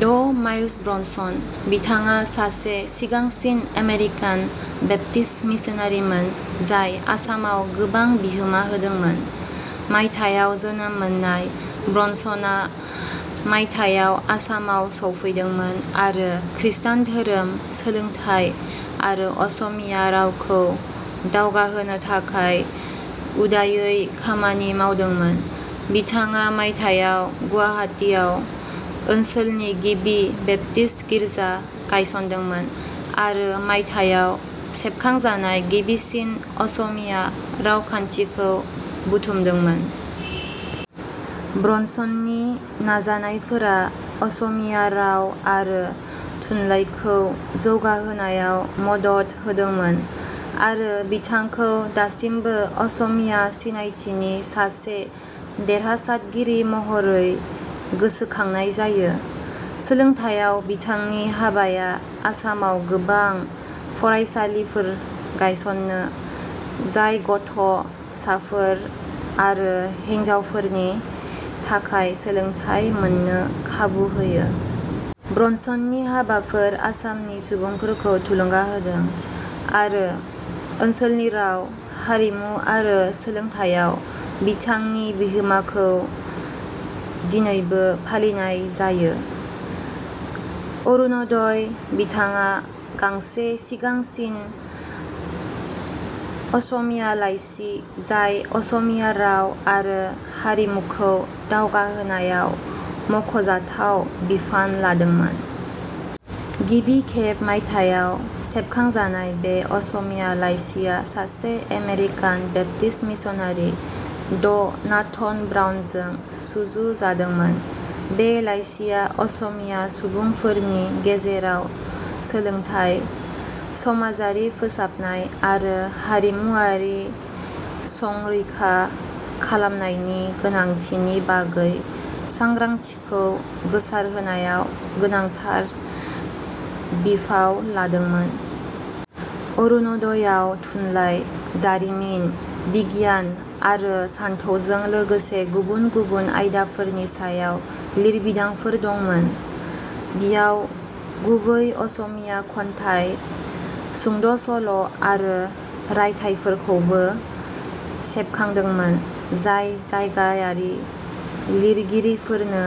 ड माइलस ब्रनसन:-बिथाङा सासे सिगांसिन आमेरिकान बेप्टिस्ट मिसनारिमोन जाय आसामाव गोबां बिहोमा होदोंमोन। मायथाइयाव जोनोम मोननाय, ब्रनसनआ मायथाइयाव आसामाव सौफैदोंमोन आरो ख्रिस्थान धोरोम, सोलोंथाय आरो असमिया रावखौ दावगाहोनो थाखाय उदायै खामानि मावदोंमोन। बिथाङा मायथाइयाव गुवाहाटीआव ओनसोलनि गिबि बेप्टिस्ट गिर्जा गायसनदोंमोन आरो मायथाइयाव सेबखांजानाय गिबिसिन असमिया रावखान्थिखौ बुथुमदोंमोन। ब्रनसननि नाजानायफोरा असमिया राव आरो थुनलाइखौ जौगाहोनायाव मदद होदोंमोन, आरो बिथांखौ दासिमबो असमिया सिनायथिनि सासे देरहासातगिरि महरै गोसोखांनाय जायो। सोलोंथाइयाव बिथांनि हाबाया आसामाव गोबां फरायसालिफोर गायस'नो, जाय गथ' साफोर आरो हिनजावफोरनि थाखाय सोलोंथाय मोन्नो खाबु होयो। ब्रनसननि हाबाफोर आसामनि सुबुंफोरखौ थुलुंगा होदों, आरो ओनसोलनि राव, हारिमु आरो सोलोंथाइयाव बिथांनि बिहोमाखौ दिनैबो फालिनाय जायो।. अरुण'दइ: – बिथाङा गांसे सिगांसिन असमिया लाइसि जाय असमिया राव आरो हारिमुखौ दावगाहोनायाव मख'जाथाव बिफान लादोंमोन। गिबिखेब मायथाइयाव सेबखांजानाय, बे असमिया लाइसिआ सासे आमेरिकान बैपटिस्ट मिसनारि ड नाथन ब्राउनजों सुजुजादोंमोन। बे लाइसिआ असमिया सुबुंफोरनि गेजेराव सोलोंथाय, समाजारि फोसाबनाय आरो हारिमुआरि संरैखा खालामनायनि गोनांथिनि बागै सांग्रांथिखौ गोसारहोनायाव गोनांथार बिफाव लादोंमोन। अरुण'दइ आव थुनलाइ, जारिमिन, बिगियान आरो सानथौजों लोगोसे गुबुन गुबुन आयदाफोरनि सायाव लिरबिदांफोर दंमोन। बियाव गुबै असमिया खन्थाइ, सुंद' सल' आरो रायथाइफोरखौबो सेबखांदोंमोन, जाय जायगायारि लिरगिरिफोरनो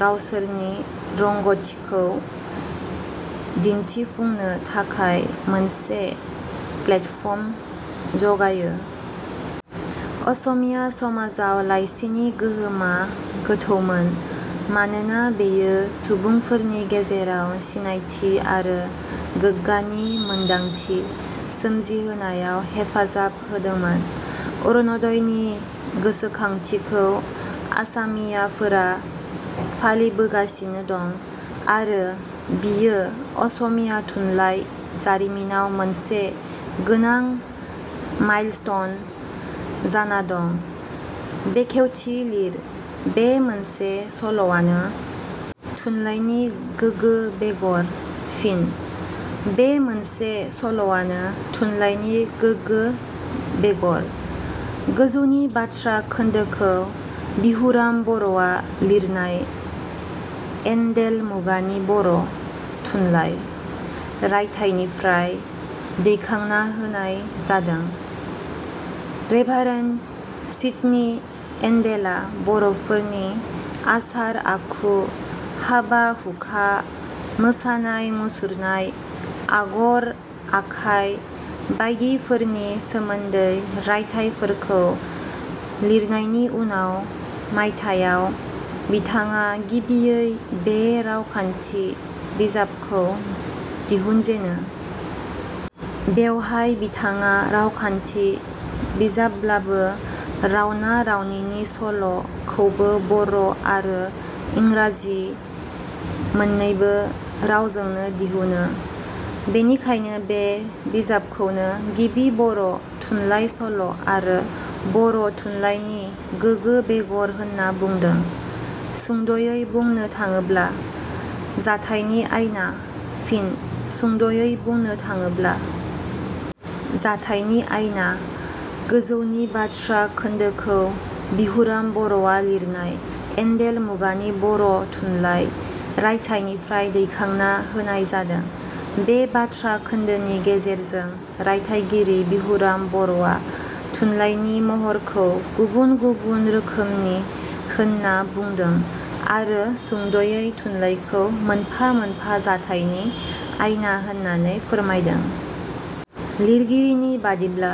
गावसोरनि रोंग'थिखौ दिन्थिफुंनो थाखाय मोनसे प्लेटफर्म जगायो। असमिया समाजआव लाइसिनि गोहोमा गोथौमोन, मानोना बेयो सुबुंफोरनि गेजेराव सिनायथि आरो गोग्गानि मोनदांथि सोमजिहोनायाव हेफाजाब होदोंमोन। अरुण'दइनि गोसोखांथिखौ आसामीयाफोरा फालिबोगासिनो दं, आरो बियो असमिया थुनलाइ जारिमिनाव मोनसे गोनां माइलस्टोन जाना दं। बेखेवथि लिर: बे मोनसे सल'आनो…………. थुनलायनि गोगो बेगर। फिन: "बे मोनसे सल'आनो…………. थुनलायनि गोगो बेगर। " गोजौनि बाथ्रा खोन्दोखौ बिहुराम बर'आ लिरनाय "एण्डेल मुगानि बर' थुनलाइ" रायथाइनिफ्राय दैखांना होनाय जादों। रेभारेण्ड सिदनि एण्डेला बर'फोरनि आसार-आखु, हाबा-हुखा, मोसानाय-मुसुरनाय, आगर-आखाय बायदिफोरनि सोमोन्दै रायथाइफोरखौ लिरनायनि उनाव मायथायाव बिथाङा गिबियै बे रावखान्थि बिजाबखौ दिहुनजेनो। बेवहाय बिथाडा रावखान्थि विजाबब्लाबो रावना-रावनिनि सल' खौबो बर' आरो इंराजी मोननैबो रावजोंनो दिहुनो। बेनिखायनो बे बिजाबखौनो गिबि बर' थुनलाइ सल' आरो बर' थुनलायनि गोगो बेगर होनना बुंदों। सुंद'यै बुंनो थाङोब्ला…………. जाथाइनि आयना। फिन: "सुंद'यै बुंनो थाङोब्ला…………. जाथाइनि आयना। " गोजौनि बाथ्रा खोन्दोखौ बिहुराम बर'आ लिरनाय "एण्डेल मुगानि बर' थुनलाइ" रायथाइनिफ्राय दैखांना होनाय जादों। बे बाथ्रा खोन्दोनि गेजेरजों रायथाइगिरि बिहुराम बर'आ थुनलाइनि महरखौ गुबुन गुबुन रोखोमनि होनना बुंदों आरो सुंदयै थुनलाइखौ मोनफा मोनफा जाथाइनि आयना होनानै फोरमायदों। लिरगिरिनि बादिब्ला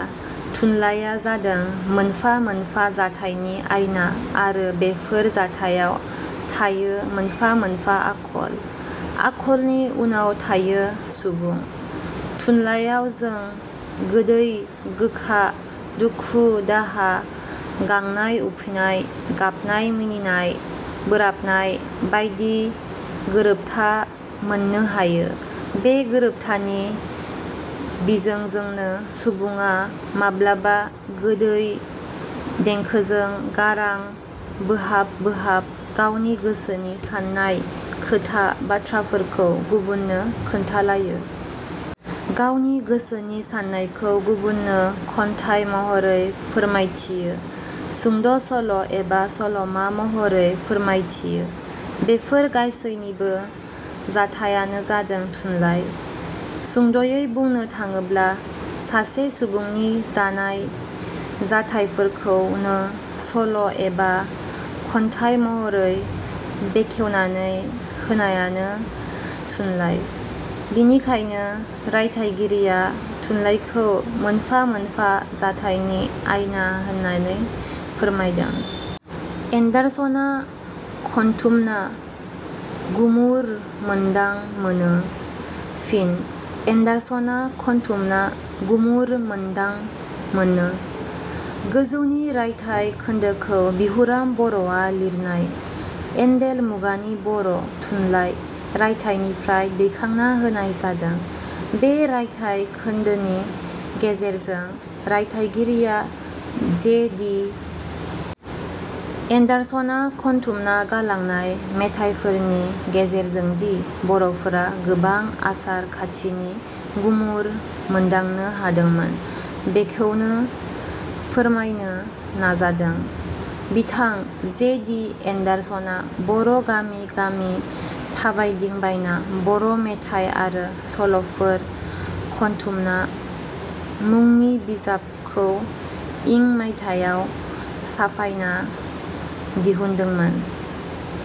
थुनलाया जादों मोनफा मोनफा जाथाइनि आयना आरो बेफोर जाथायाव थायो मोनफा मोनफा आखल, आखलनि उनाव थायो सुबुं। थुनलाइयाव जों गोदै-गोखा, दुखु-दाहा, गांनाय-उखैनाय, गाबनाय-मिनिनाय, बोराबनाय बायदि गोरोबथा मोननो हायो। बे गोरोबथानि बिजोंजोंनो सुबुङा माब्लाबा गोदै देंखोजों गारां बोहाब बोहाब गावनि गोसोनि साननाय खोथा बाथ्राफोरखौ गुबुननो खोन्थालायो। गावनि गोसोनि साननायखौ गुबुननो खन्थाइ महरै फोरमायथियो, सुद' सल' एबा सल'मा महरै फोरमायथियो। बेफोर गासैनिबो जाथायानो जादों थुनलाइ। सुंदयै बुंनो थाडोब्ला सासे सुबुंनि जानाय जाथायफोरखौनो सल' एबा खन्थाइ महरै बेखेवनानै होनायानो थुनलाइ। बिनिखायनो रायथाइगिरिया थुनलाइखौ मोनफा मोनफा जाथायनि आयना होननानै फोरमायदों। एण्डार्सनआ खनथुमना………….. गुमुर मोनदांं मोनो। फिन: "एण्डार्सनआ खनथुमना………….. गुमुर मोनदांं मोननो। " गोजौनि रायथाइ खोन्दोखौ बिहुराम बर'आ लिरनाय "एण्डेल मुगानि बर' थुनलाइ" रायथाइनिफ्राय दैखांना होनाय जादों। बे रायथाइ खोन्दोनि गेजेरजों रायथाइगिराया जे. डि. एण्डार्सनआ खनथुमना गालांनाय मेथाइफोरनि गेजेरजोंदि बर'फोरा गोबां आसार खाथिनि गुमुर मोन्दांनो हादोंमोन बेखौनो फोरमायनो नाजादों। बिथां जे. डि. एण्डार्सनआ बर' गामि गामि थाबायदिंबायना बर' मेथाइ आरो सल'फोर खनथुमना "" मुंनि बिजाबखौ इं मायथायाव साफायना दिहुनदोंमोन।